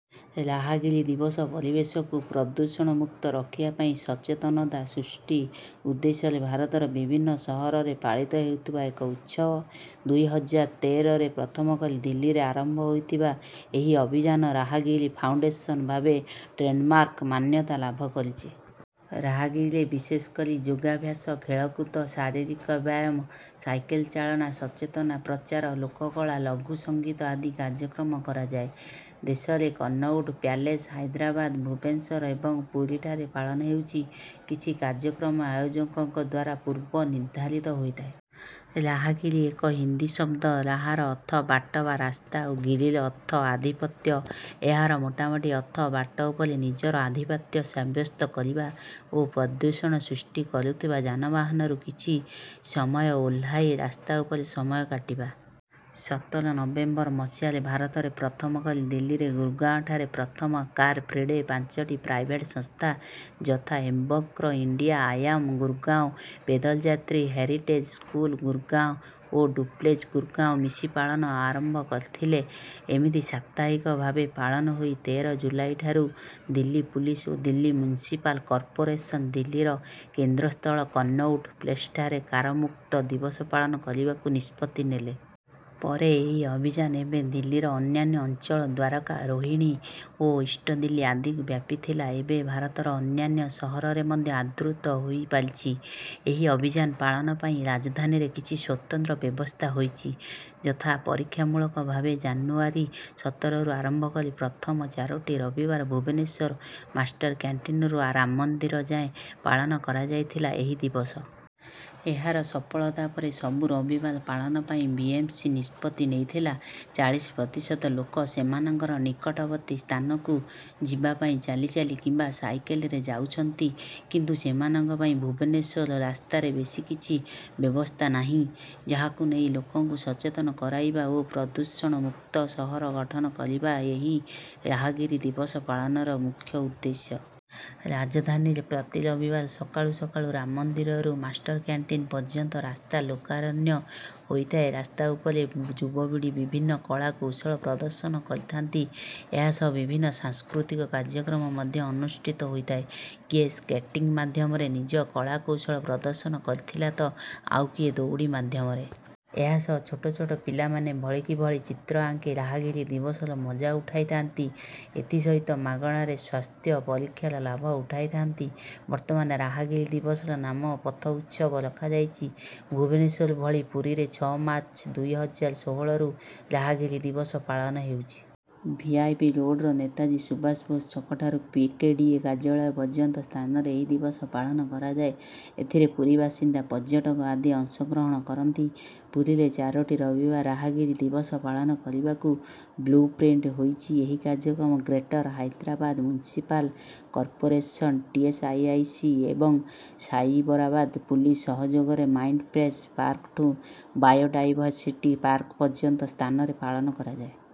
ରାହାଗିରି ଦିବସ ପରିବେଶକୁ ପ୍ରଦୂଷଣମୁକ୍ତ ରଖିବା ପାଇଁ ସଚେତନତା ସୃଷ୍ଟି ଉଦ୍ଦେଶ୍ୟରେ ଭାରତର ବିଭିନ୍ନ ସହରରେ ପାଳିତ ହେଉଥିବା ଏକ ଉତ୍ସବ। ଦୁଇ ହଜାର ତେରରେ ପ୍ରଥମ କରି ଦିଲ୍ଲୀରେ ଆରମ୍ଭ ହୋଇଥିବା ଏହି ଅଭିଯାନ ରାହାଗିରି ଫାଉଣ୍ଡେସନ ଭାବେ ଟ୍ରେଡ଼ମାର୍କ ମାନ୍ୟତା ଲାଭ କରିଛି। ରାହାଗିରିରେ ବିଶେଷ କରି ଯୋଗାଭ୍ୟାସ, ଖେଳକୁଦ, ଶାରୀରିକ ବ୍ୟାୟାମ, ସାଇକେଲ ଚାଳନା, ସଚେତନତା ପ୍ରଚାର, ଲୋକକଳା, ଲଘୁ ସଙ୍ଗୀତ ଆଦି କାର୍ଯ୍ୟକ୍ରମ କରାଯାଏ। ଦେଶରେ କନଉଟ ପ୍ୟାଲେସ୍, ହାଇଦ୍ରାବାଦ, ଭୁବନେଶ୍ୱର ଏବଂ ପୁରୀଠାରେ ପାଳନ ହେଉଛି। କିଛି କାର୍ଯ୍ୟକ୍ରମ ଆୟୋଜକଙ୍କ ଦ୍ୱାରା ପୂର୍ବ ନିର୍ଦ୍ଧାରିତ ହୋଇଥାଏ। ରାହାଗିରି ଏକ ହିନ୍ଦୀ ଶବ୍ଦ; ରାହାର ଅର୍ଥ ବାଟ ବା ରାସ୍ତା ଓ ଗିରିର ଅର୍ଥ ଆଧିପତ୍ୟ। ଏହାର ମୋଟାମୋଟି ଅର୍ଥ ବାଟ ଉପରେ ନିଜର ଆଧିପତ୍ୟ ସାବ୍ୟସ୍ତ କରିବା ଓ ପ୍ରଦୂଷଣ ସୃଷ୍ଟି କରୁଥିବା ଯାନବାହନରୁ କିଛି ସମୟ ଓହ୍ଲାଇ ରାସ୍ତା ଉପରେ ସମୟ କାଟିବା। ସତର ନଭେମ୍ବର ମସିହାରେ ଭାରତରେ ପ୍ରଥମ କରି ଦିଲ୍ଲୀର ଗୁରଗାଁଓଠାରେ ପ୍ରଥମ କାର-ଫ୍ରି ଡେ ପାଞ୍ଚଟି ପ୍ରାଇଭେଟ୍ ସଂସ୍ଥା, ଯଥା: Embark India, I am Gurgaon, ପେଦଲ ଯାତ୍ରୀ, ହେରିଟେଜ ସ୍କୁଲ ଗୁରଗାଁଓ ଓ ଡୁପ୍ଲେଜ ଗୁରଗାଁଓ ମିଶି ପାଳନ ଆରମ୍ଭ କରିଥିଲେ। ଏମିତି ସାପ୍ତାହିକ ଭାବେ ପାଳନ ହୋଇ ତେର ଜୁଲାଇଠାରୁ ଦିଲ୍ଲୀ ପୁଲିସ ଓ ଦିଲ୍ଲୀ ମ୍ୟୁନିସିପାଲ କର୍ପୋରେସନ ଦିଲ୍ଲୀର କେନ୍ଦ୍ରସ୍ଥଳ କନଉଟ ପ୍ଲେସଠାରେ କାରମୁକ୍ତ ଦିବସ ପାଳନ କରିବାକୁ ନିଷ୍ପତ୍ତି ନେଲେ। ପରେ ଏହି ଅଭିଯାନ ଏବେ ଦିଲ୍ଲୀର ଅନ୍ୟାନ୍ୟ ଅଞ୍ଚଳ ଦ୍ୱାରକା, ରୋହିଣୀ ଓ ଇଷ୍ଟ ଦିଲ୍ଲୀ ଆଦିକୁ ବ୍ୟାପିଥିଲା। ଏବେ ଭାରତର ଅନ୍ୟାନ୍ୟ ସହରରେ ମଧ୍ୟ ଆଦୃତ ହୋଇପାରିଛି। ଏହି ଅଭିଯାନ ପାଳନ ପାଇଁ ରାଜଧାନୀରେ କିଛି ସ୍ୱତନ୍ତ୍ର ବ୍ୟବସ୍ଥା ହୋଇଛି; ଯଥା: ପରୀକ୍ଷାମୂଳକ ଭାବେ ଜାନୁଆରୀ ସତରରୁ ଆରମ୍ଭ କରି ପ୍ରଥମ ଚାରୋଟି ରବିବାର ଭୁବନେଶ୍ୱର ମାଷ୍ଟରକ୍ୟାଣ୍ଟିନରୁ ରାମ ମନ୍ଦିର ଯାଏଁ ପାଳନ କରାଯାଇଥିଲା ଏହି ଦିବସ। ଏହାର ସଫଳତା ପରେ ସବୁ ରବିବାର ପାଳନ ପାଇଁ ବିଏମସି ନିଷ୍ପତ୍ତି ନେଇଥିଲା। ଚାଳିଶି ପ୍ରତିଶତ ଲୋକ ସେମାନଙ୍କର ନିକଟବର୍ତ୍ତୀ ସ୍ଥାନକୁ ଯିବା ପାଇଁ ଚାଲିଚାଲି କିମ୍ବା ସାଇକେଲରେ ଯାଉଛନ୍ତି। କିନ୍ତୁ ସେମାନଙ୍କ ପାଇଁ ଭୁବନେଶ୍ୱର ରାସ୍ତାରେ ବେଶୀ କିଛି ବ୍ୟବସ୍ଥା ନାହିଁ। ଯାହାକୁ ନେଇ ଲୋକଙ୍କୁ ସଚେତନ କରାଇବା ଓ ପ୍ରଦୂଷଣମୁକ୍ତ ସହର ଗଠନ କରିବା ଏହି ରାହାଗିରି ଦିବସ ପାଳନର ମୁଖ୍ୟ ଉଦ୍ଦେଶ୍ୟ। ରାଜଧାନୀରେ ପ୍ରତି ରବିବାର ସକାଳୁ ସକାଳୁ ରାମମନ୍ଦିରରୁ ମାଷ୍ଟରକ୍ୟାଣ୍ଟିନ ପର୍ଯ୍ୟନ୍ତ ରାସ୍ତା ଲୋକାରଣ୍ୟ ହୋଇଥାଏ। ରାସ୍ତା ଉପରେ ଯୁବପିଢ଼ି ବିଭିନ୍ନ କଳାକୌଶଳ ପ୍ରଦର୍ଶନ କରିଥାନ୍ତି। ଏହାସହ ବିଭିନ୍ନ ସାଂସ୍କୃତିକ କାର୍ଯ୍ୟକ୍ରମ ମଧ୍ୟ ଅନୁଷ୍ଠିତ ହୋଇଥାଏ। କିଏ ସ୍କେଟିଂ ମାଧ୍ୟମରେ ନିଜ କଳାକୌଶଳ ପ୍ରଦର୍ଶନ କରିଥିଲା ତ ଆଉ କିଏ ଦଉଡ଼ି ମାଧ୍ୟମରେ। ଏହାସହ ଛୋଟ ଛୋଟ ପିଲାମାନେ ଭଳିକି ଭଳି ଚିତ୍ର ଆଙ୍କି ରାହାଗିରି ଦିବସର ମଜା ଉଠାଇଥାନ୍ତି। ଏଥି ସହିତ ମାଗଣାରେ ସ୍ୱାସ୍ଥ୍ୟ ପରୀକ୍ଷାର ଲାଭ ଉଠାଇଥାନ୍ତି। ବର୍ତ୍ତମାନ ରାହାଗିରି ଦିବସର ନାମ 'ପଥ ଉତ୍ସବ' ରଖାଯାଇଛି। ଭୁବନେଶ୍ୱର ଭଳି ପୁରୀରେ ଛଅ ମାର୍ଚ୍ଚ ଦୁଇ ହଜାର ଷୋହଳରୁ ରାହାଗିରି ଦିବସ ପାଳନ ହେଉଛି। ଭିଆଇପି ରୋଡ଼ର ନେତାଜୀ ସୁବାଷ ବୋଷ ଛକଠାରୁ ପିକେଡିଏ କାର୍ଯ୍ୟାଳୟ ପର୍ଯ୍ୟନ୍ତ ସ୍ଥାନରେ ଏହି ଦିବସ ପାଳନ କରାଯାଏ। ଏଥିରେ ପୁରୀ ବାସିନ୍ଦା, ପର୍ଯ୍ୟଟକ ଆଦି ଅଂଶଗ୍ରହଣ କରନ୍ତି। ପୁରୀରେ ଚାରୋଟି ରବିବାର ରାହାଗିରି ଦିବସ ପାଳନ କରିବାକୁ ବ୍ଲୁପ୍ରିଣ୍ଟ ହୋଇଛି। ଏହି କାର୍ଯ୍ୟକ୍ରମ greater Hyderabad municipal corporation, TSIIC ଏବଂ ସାଇବରାବାଦ ପୁଲିସ ସହଯୋଗରେ ମାଇଣ୍ଡସ୍ପେଶ ପାର୍କଠୁ ବାୟୋଡାଇଭରସିଟି ପାର୍କ ପର୍ଯ୍ୟନ୍ତ ସ୍ଥାନରେ ପାଳନ କରାଯାଏ।